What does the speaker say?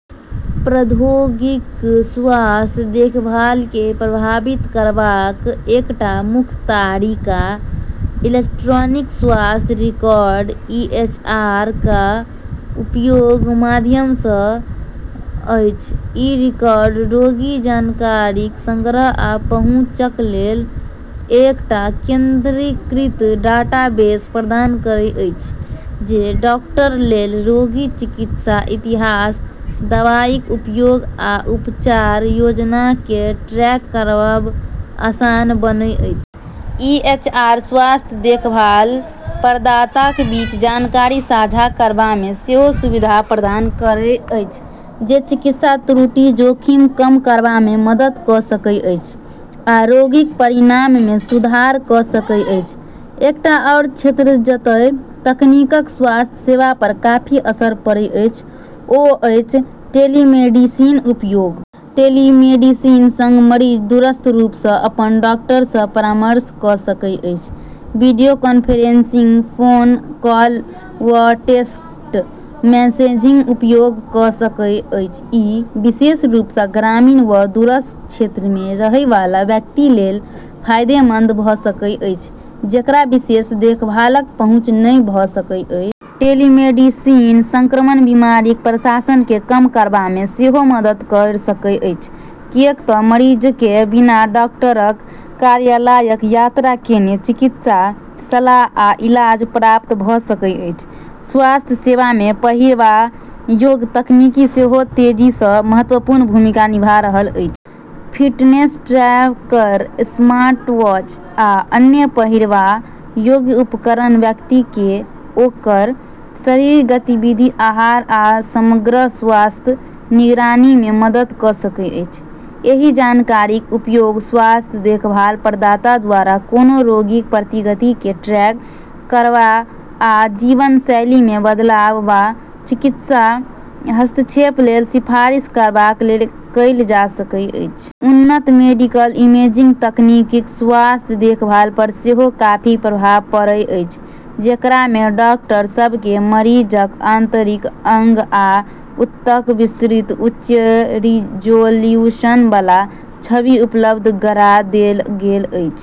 प्रौद्योगिकिक स्वास्थ्य देखभालकेँ प्रभावित करबाक एकटा मुख्य तरीका इलेक्ट्रॉनिक स्वास्थ्य रिकॉर्ड (ईएचआर) क उपयोगक माध्यम सँ अछि। ई रिकॉर्ड रोगीक जानकारीक संग्रहण आ पहुँचक लेल एकटा केंद्रीकृत डाटाबेस प्रदान करैत अछि, जे डॉक्टरक लेल रोगीक चिकित्सा इतिहास, दवाईक उपयोग आ उपचार योजनाकेँ ट्रैक करब आसान बनाबैत अछि। ईएचआर स्वास्थ्य देखभाल प्रदाताक बीच जानकारी साझा करबामे सेहो सुविधा प्रदान करैत अछि, जे चिकित्सा त्रुटिक जोखिमकेँ कम करबामे मदद क’ सकैत अछि आ रोगीक परिणाममे सुधार क’ सकैत अछि। एकटा आओर क्षेत्र जतए तकनीकक स्वास्थ्य सेवा पर काफी असर पड़ल अछि ओ अछि टेलीमेडिसिनक उपयोग। टेलीमेडिसिनक संग मरीज दूरस्थ रूप सँ अपन डॉक्टर सँ परामर्श क’ सकैत अछि, वीडियो कॉन्फ्रेंसिंग, फोन कॉल वा टेक्स्ट मैसेजिंगक उपयोग क’ सकैत अछि। ई विशेष रूप सँ ग्रामीण वा दूरस्थ क्षेत्रमे रहै बला व्यक्तिक लेल फायदेमंद भ’ सकैत अछि, जेकरा विशेष देखभालक पहुँच नहि भ’ सकैत अछि। टेलीमेडिसिन संक्रामक बीमारीक प्रसारकेँ कम करबामे सेहो मदद क’ सकैत अछि, किएक तँ मरीजकेँ बिना डॉक्टरक कार्यालयक यात्रा केने चिकित्सा सलाह आ इलाज प्राप्त भ’ सकैत अछि। स्वास्थ्य सेवामे पहिरबा योग्य तकनीक सेहो तेजी सँ महत्वपूर्ण भूमिका निभा रहल अछि। फिटनेस ट्रैकर, स्मार्टवॉच आ अन्य पहिरबा योग्य उपकरण व्यक्तिकेँ ओकर शारीरिक गतिविधि, आहार आ समग्र स्वास्थ्यक निगरानीमे मदद क’ सकैत अछि। एहि जानकारीक उपयोग स्वास्थ्य देखभाल प्रदाता द्वारा कोनो रोगीक प्रगतिकेँ ट्रैक करब आ जीवनशैलीमे बदलाव वा चिकित्सा हस्तक्षेप लेल सिफारिश करबा लेल कएल जा सकैत अछि। उन्नत मेडिकल इमेजिंग तकनीकक स्वास्थ्य देखभाल पर सेहो काफी प्रभाव पड़ल अछि, जेकरामे डॉक्टर सभकेँ मरीजक आंतरिक अंग आ ऊतकक विस्तृत, उच्च रिजोल्यूशन बला छवि उपलब्ध गरा देल गेल अछि।